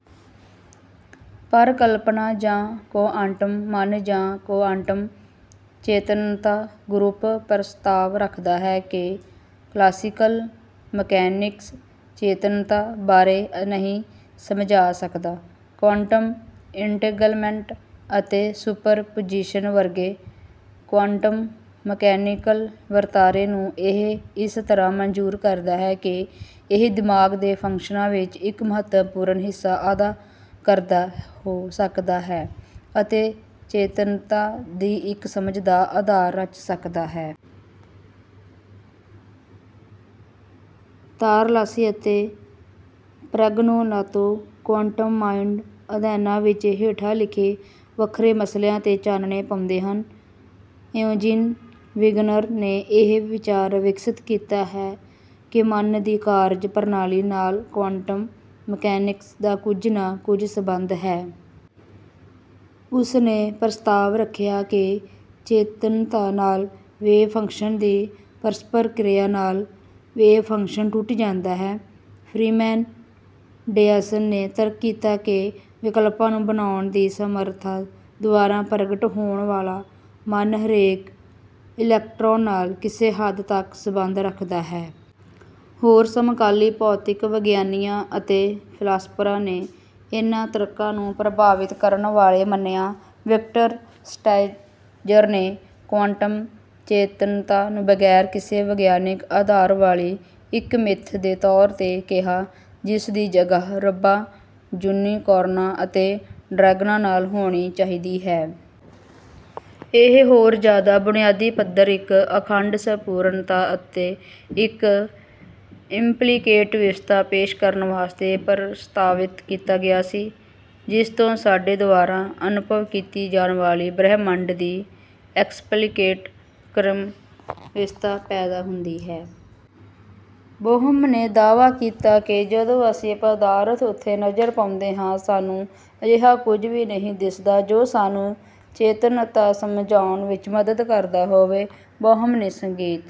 ਪਰਿਕਲਪਨਾ ਦਾ ਕੁਆਂਟਮ ਮਨ ਜਾਂ ਕੁਆਂਟਮ ਚੇਤੰਨਤਾ ਗਰੁੱਪ ਪ੍ਰਸਤਾਵ ਰੱਖਦਾ ਹੈ ਕਿ ਕਲਾਸੀਕਲ ਮਕੈਨਿਕਸ ਚੇਤੰਨਤਾ ਬਾਰੇ ਨਹੀਂ ਸਮਝਾ ਸਕਦਾ। ਕੁਆਂਟਮ ਇੰਟੈਂਗਲਮੈਂਟ ਅਤੇ ਸੁਪਰਪੁਜੀਸ਼ਨ ਵਰਗੇ ਕੁਆਂਟਮ ਮਕੈਨੀਕਲ ਵਰਤਾਰੇ ਨੂੰ ਇਹ ਇਸ ਤਰਾਂ ਮਨਜ਼ੂਰ ਕਰਦਾ ਹੈ ਕਿ ਇਹ ਦਿਮਾਗ ਦੇ ਫੰਕਸ਼ਨਾਂ ਵਿੱਚ ਇੱਕ ਮਹੱਤਵਪੂਰਨ ਹਿੱਸਾ ਅਦਾ ਕਰਦਾ ਹੋ ਸਕਦਾ ਹੈ ਅਤੇ ਚੇਤੰਨਤਾ ਦੀ ਇੱਕ ਸਮਝ ਦਾ ਅਧਾਰ ਰਚ ਸਕਦਾ ਹੈ। ਤਾਰਲਾਸੀ ਅਤੇ ਪ੍ਰੈਗਨੋਲਾਤੋ ਕੁਆਂਟਮ ਮਾਈਂਡ ਅਧਿਐਨਾਂ ਵਿੱਚ ਹੇਠਾਂ ਲਿਖੇ ਵੱਖਰੇ ਮਸਲਿਆਂ ਤੇ ਚਾਨਣੇ ਪਾਉਂਦੇ ਹਨ। ਇਉਜੀਨ ਵਿਗਨਰ ਨੇ ਇਹ ਵਿਚਾਰ ਵਿਕਸਿਤ ਕੀਤਾ ਕਿ ਮਨ ਦੀ ਕਾਰਜ ਪ੍ਰਣਾਲੀ ਨਾਲ ਕੁਆਂਟਮ ਮਕੈਨਿਕਸ ਦਾ ਕੁੱਝ ਨਾ ਕੁੱਝ ਸਬੰਧ ਹੈ। ਉਸਨੇ ਪ੍ਰਸਤਾਵ ਰੱਖਿਆ ਕਿ ਚੇਤੰਨਤਾ ਨਾਲ ਵੇਵ ਫੰਕਸ਼ਨ ਦੀ ਪਰਸਪਰ ਕ੍ਰਿਆ ਨਾਲ ਵੇਵ ਫੰਕਸ਼ਨ ਟੁੱਟ ਜਾਂਦਾ ਹੈ। ਫ੍ਰੀਮੈਨ ਡੇਅਸਨ ਨੇ ਤਰਕ ਕੀਤਾ ਕਿ ਵਿਕਲਪਾਂ ਨੂੰ ਬਣਾਉਣ ਦੀ ਸਮਰਥਾ ਦੁਆਰਾ ਪ੍ਰਗਟ ਹੋਣ ਵਾਲਾ ਮਨ ਹਰੇਕ ਇਲੈਕਟ੍ਰੌਨ ਨਾਲ ਕਿਸੇ ਹੱਦ ਤੱਕ ਸਬੰਧ ਰੱਖਦਾ ਹੈ। ਹੋਰ ਸਮਕਾਲੀ ਭੌਤਿਕ ਵਿਗਿਆਨੀਆਂ ਅਤੇ ਫਿਲਾਸਫਰਾਂ ਨੇ ਇਹਨਾਂ ਤਰਕਾਂ ਨੂੰ ਪ੍ਰਭਾਵਿਤ ਕਰਨ ਵਾਲੇ ਮੰਨਿਆ। ਵਿਕਟਰ ਸਟੈਂਜਰ ਨੇ ਕੁਆਂਟਮ ਚੇਤੰਨਤਾ ਨੂੰ ਬਗੈਰ ਕਿਸੇ ਵਿਗਿਆਨਿਕ ਅਧਾਰ ਵਾਲੀ ਇੱਕ ਮਿੱਥ ਦੇ ਤੌਰ ਤੇ ਕਿਹਾ ਜਿਸਦੀ ਜਗਹ ਰੱਬਾਂ ਯੂਨੀਕੌਰਨਾਂ ਅਤੇ ਡ੍ਰੈਗਨਾਂ ਨਾਲ ਹੋਣੀ ਚਾਹੀਦੀ ਹੈ। ਇਹ ਹੋਰ ਜਿਆਦਾ ਬੁਨਿਆਦੀ ਪੱਧਰ ਇੱਕ ਅਖੰਡ ਸੰਪੂਰਣਤਾ ਅਤੇ ਇੱਕ ਇੰਪਲੀਕੇਟ ਵਿਵਸਥਾ ਪੇਸ਼ ਕਰਨ ਵਾਸਤੇ ਪ੍ਰਸਤਾਵਿਤ ਕੀਤਾ ਗਿਆ ਸੀ ਜਿਸਤੋਂ ਸਾਡੇ ਦੁਆਰਾ ਅਨੁਭਵ ਕੀਤੀ ਜਾਣ ਵਾਲੀ ਬ੍ਰਹਿਮੰਡ ਦੀ ਐਕਸਪਲੀਕੇਟ ਕ੍ਰਮ ਵਿਵਸਥਾ ਪੈਦਾ ਹੁੰਦੀ ਹੈ। ਬੋਹਮ ਦੇ ਦਾਅਵਾ ਕੀਤਾ ਕਿ ਜਦੋਂ ਅਸੀਂ ਪਦਾਰਥ ਉੱਤੇ ਨਜ਼ਰ ਪਾਉਂਦੇ ਹਾਂ ਸਾਨੂੰ ਅਜਿਹਾ ਕੁੱਝ ਵੀ ਨਹੀਂ ਦਿਸਦਾ ਜੋ ਸਾਨੂੰ ਚੇਤਨੰਤਾ ਸਮਝਾਉਣ ਵਿੱਚ ਮੱਦਦ ਕਰਦਾ ਹੋਵੇ। ਬੋਹਮ ਨੇ ਸੰਗੀਤ